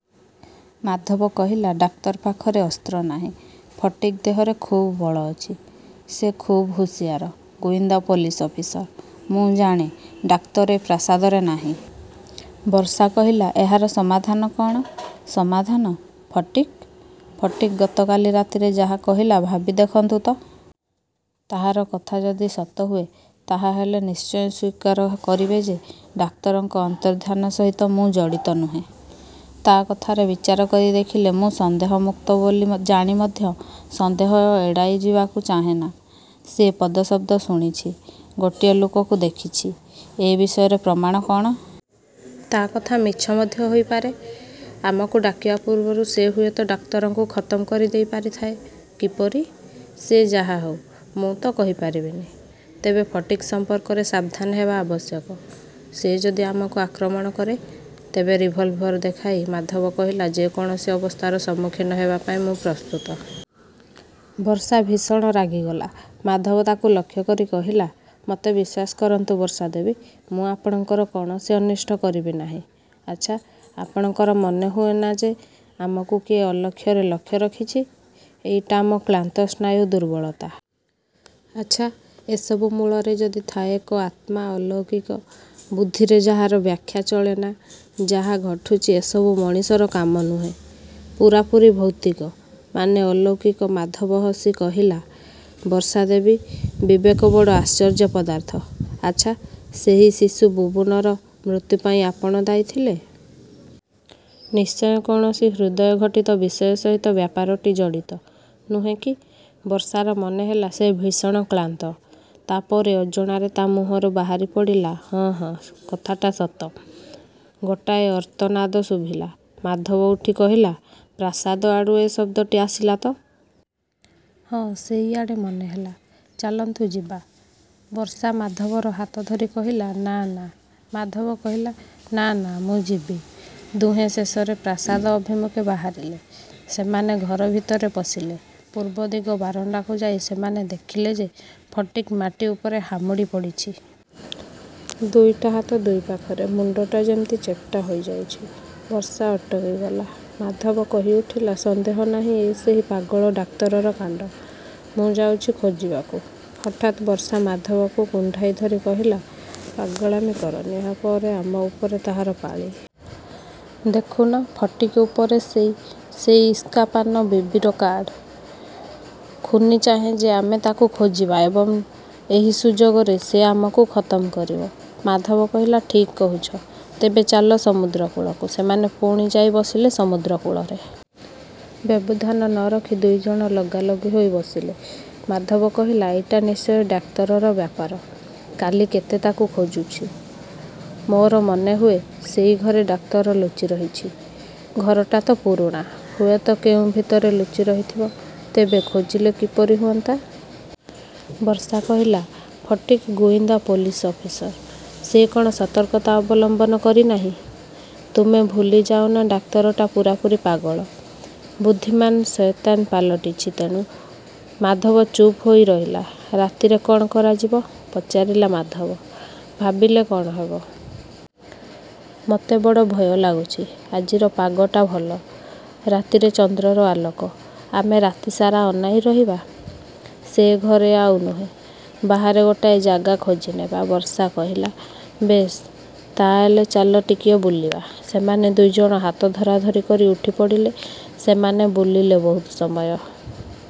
ମାଧବ କହିଲା, ଡାକ୍ତର ପାଖରେ ଅସ୍ତ୍ର ନାହିଁ। ଫଟିକ୍ ଦେହରେ ଖୁବ୍ ବଳ ଅଛି। ସେ ଖୁବ୍ ହୁସିଆର ଗୁଇନ୍ଦା ପୋଲିସ ଅଫିସର। ମୁଁ ଜାଣେ, ଡାକ୍ତର ଏ ପ୍ରାସାଦରେ ନାହିଁ। ବର୍ଷା କହିଲା, ଏହାର ସମାଧାନ କ'ଣ? ସମାଧାନ ଫଟିକ୍? ଫଟିକ୍ ଗତକାଲି ରାତିରେ ଯାହା କହିଲା, ଭାବି ଦେଖନ୍ତୁ ତ। ତାହାର କଥା ଯଦି ସତ ହୁଏ, ତାହା ହେଲେ ନିଶ୍ଚୟ ସ୍ଵୀକାର କରିବେ ଯେ, ଡାକ୍ତରଙ୍କ ଅନ୍ତର୍ଦ୍ଧାନ ସହିତ ମୁଁ ଜଡ଼ିତ ନୁହେଁ। ତା କଥାରେ ବିଚାର କରି ଦେଖିଲେ ମୁଁ ସନ୍ଦେହମୁକ୍ତ ବୋଲି ମ ଜାଣି ମଧ୍ୟ ସନ୍ଦେହ ଏଡ଼ାଇଯିବାକୁ ଚାହେଁନା। ସେ ପଦଶବ୍ଦ ଶୁଣିଛି, ଗୋଟିଏ ଲୋକକୁ ଦେଖିଛି, ଏ ବିଷୟରେ ପ୍ରମାଣ କ'ଣ? ତା କଥା ତ ମିଛ ମଧ୍ୟ ହୋଇପାରେ। ଆମକୁ ଡାକିବା ପୂର୍ବରୁ ସେ ହୁଏତ ଡାକ୍ତରଙ୍କୁ ଖତମ କରିଦେଇପାରିଥାଏ। କିପରି? ସେ ଯାହାହେଉ, ମୁଁ ତ କହିପାରିବିନି। ତେବେ ଫଟିକ୍ ସମ୍ପର୍କରେ ସାବଧାନ ହେବା ଆବଶ୍ୟକ। ସେ ଯଦି ଆମକୁ ଆକ୍ରମଣ କରେ, ତେବେ ରିଭଲଭର ଦେଖାଇ ମାଧବ କହିଲା, ଯେ କୌଣସି ଅବସ୍ଥାର ସମ୍ମୁଖୀନ ହେବା ପାଇଁ ମୁଁ ପ୍ରସ୍ତୁତ। ବର୍ଷା ଭୀଷଣ ରାଗିଗଲା। ମାଧବ ତାକୁ ଲକ୍ଷ୍ୟ କରି କହିଲା, ମୋତେ ବିଶ୍ଵାସ କରନ୍ତୁ, ବର୍ଷା ଦେବୀ ମୁଁ ଆପଣଙ୍କର କୌଣସି ଅନିଷ୍ଟ କରିବି ନାହିଁ। ଆଚ୍ଛା, ଆପଣଙ୍କର ମନେହୁଏ ନା ଯେ ଆମକୁ କିଏ ଅଲକ୍ଷରେ ଲକ୍ଷ୍ୟ ରଖିଛି? ଏଇଟା ଆମ କ୍ଳାନ୍ତ ସ୍ନାୟୁ ଦୁର୍ବଳତା। ଆଚ୍ଛା, ଏସବୁ ମୂଳରେ ଯଦି ଥାଏ ଏକ ଆତ୍ମା ଅଲୌକିକ, ବୁଦ୍ଧିରେ ଯାହାର ବ୍ୟାଖ୍ୟା ଚଳେନା, ଯାହା ଘଟୁଛି ଏସବୁ ମଣିଷର କାମ ନୁହେଁ, ପୂରାପୂରି ଭୌତିକ, ମାନେ ଅଲୌକିକ ମାଧବ ହସି କହିଲା, ବର୍ଷା ଦେବୀ, ବିବେକ ବଡ଼ ଆଶ୍ଚର୍ଯ୍ୟ ପଦାର୍ଥ। ଆଚ୍ଛା, ସେହି ଶିଶୁ ବୁବୁନର ମୃତ୍ୟୁ ପାଇଁ ଆପଣ ଦାୟୀ ଥିଲେ। ନିଶ୍ଚୟ କୌଣସି ହୃଦୟଘଟିତ ବିଷୟ ସହିତ ବ୍ୟାପାରଟି ଜଡ଼ିତ। ନୁହେଁ କି? ବର୍ଷାର ମନେହେଲା ସେ ଭୀଷଣ କ୍ଳାନ୍ତ। ତା ପରେ ଅଜଣାରେ ତା ମୁହଁରୁ ବାହାରିପଡ଼ିଲା, ହଁ, ହଁ, କଥାଟା ସତ। ଗୋଟାଏ ଆର୍ତ୍ତନାଦ ଶୁଭିଲା। ମାଧବ ଉଠି କହିଲା, ପ୍ରାସାଦ ଆଡ଼ୁ ଏ ଶବ୍ଦଟି ଆସିଲା ତ? ହଁ, ସେଇଆଡ଼େ ମନେହେଲା। ଚାଲନ୍ତୁ ଯିବା। ବର୍ଷା ମାଧବର ହାତ ଧରି କହିଲା, ନା, ନା। ମାଧବ କହିଲା, ନା, ନା, ମୁଁ ଯିବି। ଦୁହେଁ ଶେଷରେ ପ୍ରାସାଦ ଅଭିମୁଖେ ବାହାରିଲେ। ସେମାନେ ଘର ଭିତରେ ପଶିଲେ। ପୂର୍ବଦିଗ ବାରଣ୍ଡାକୁ ଯାଇ ସେମାନେ ଦେଖିଲେ ଯେ ଫଟିକ୍ ମାଟି ଉପରେ ହାମୁଡ଼ି ପଡ଼ିଛି। ଦୁଇଟା ହାତ ଦୁଇ ପାଖରେ। ମୁଣ୍ଡଟା ଯେମିତି ଚେପ୍ଟା ହୋଇଯାଇଛି। ବର୍ଷା ଅଟକିଗଲା। ମାଧବ କହିଉଠିଲା, ସନ୍ଦେହ ନାହିଁ ଏ ସେହି ପାଗଳ ଡାକ୍ତରର କାଣ୍ଡ। ମୁଁ ଯାଉଛି ଖୋଜିବାକୁ। ହଠାତ୍ ବର୍ଷା ମାଧବକୁ କୁଣ୍ଢାଇ ଧରି କହିଲା, ପାଗଳାମି କରନା। ଏହା ପରେ ଆମ ଉପରେ ତାହାର ପାଳି। ଦେଖୁନ ଫଟିକ୍ ଉପରେ ସେଇ ,ସେଇ ଇସ୍କାପାନ ବିବିର କାର୍ଡ଼। ଖୁନୀ ଚାହେଁ ଯେ ଆମେ ତାକୁ ଖୋଜିବା ଏବଂ ଏହି ସୁଯୋଗରେ ସେ ଆମକୁ ଖତମ କରିବ। ମାଧବ କହିଲା, ଠିକ୍ କହୁଛ। ତେବେ ଚାଲ ସମୁଦ୍ର କୂଳକୁ। ସେମାନେ ପୁଣି ଯାଇ ବସିଲେ ସମୁଦ୍ର କୂଳରେ। ବ୍ୟବଧାନ ନ ରଖି ଦୁଇ ଜଣ ଲଗାଲଗି ହୋଇ ବସିଲେ। ମାଧବ କହିଲା, ଏଇଟା ନିଶ୍ଚୟ ଡାକ୍ତରର ବ୍ୟାପାର। କାଲି କେତେ ତାକୁ ଖୋଜିଛୁ! ମୋର ମନେହୁଏ ସେଇ ଘରେ ଡାକ୍ତର ଲୁଚିରହିଛି। ଘରଟା ତ ପୁରୁଣା। ହୁଏତ କେଉଁ ଭିତରେ ଲୁଚି ରହିଥିବ। ତେବେ ଖୋଜିଲେ କିପରି ହୁଅନ୍ତା? ବର୍ଷା କହିଲା, ଫଟିକ୍ ଗୁଇନ୍ଦା ପୋଲିସ ଅଫିସର। ସେ କ'ଣ ସତର୍କତା ଅବଲମ୍ବନ କରିନାହିଁ! ତମେ ଭୁଲିଯାଅ ନା ଡାକ୍ତରଟା ପୂରାପୂରି ପାଗଳ। ବୁଦ୍ଧିମାନ ଶୟତାନ ପାଲଟିଛି ତେଣୁ। ମାଧବ ଚୁପ ହୋଇ ରହିଲା। ରାତିରେ କ'ଣ କରାଯିବ? ପଚାରିଲା ମାଧବ। ଭାବିଲେ କ'ଣ ହେବ! ମୋତେ ବଡ଼ ଭୟ ଲାଗୁଛି। ଆଜିର ପାଗଟା ଭଲ। ରାତିରେ ଚନ୍ଦ୍ରର ଆଲୋକ। ଆମେ ରାତିସାରା ଅନାଇ ରହିବା। ସେ ଘରେ ଆଉ ନୁହେଁ। ବାହାରେ ଗୋଟାଏ ଜାଗା ଖୋଜିନେବା। ବର୍ଷା କହିଲା, ବେଶ୍, ତାହା ହେଲେ ଚାଲ ଟିକିଏ ବୁଲିବା। ସେମାନେ ଦୁଇ ଜଣ ହାତ ଧରାଧରି କରି ଉଠିପଡ଼ିଲେ। ସେମାନେ ବୁଲିଲେ ବହୁତ ସମୟ।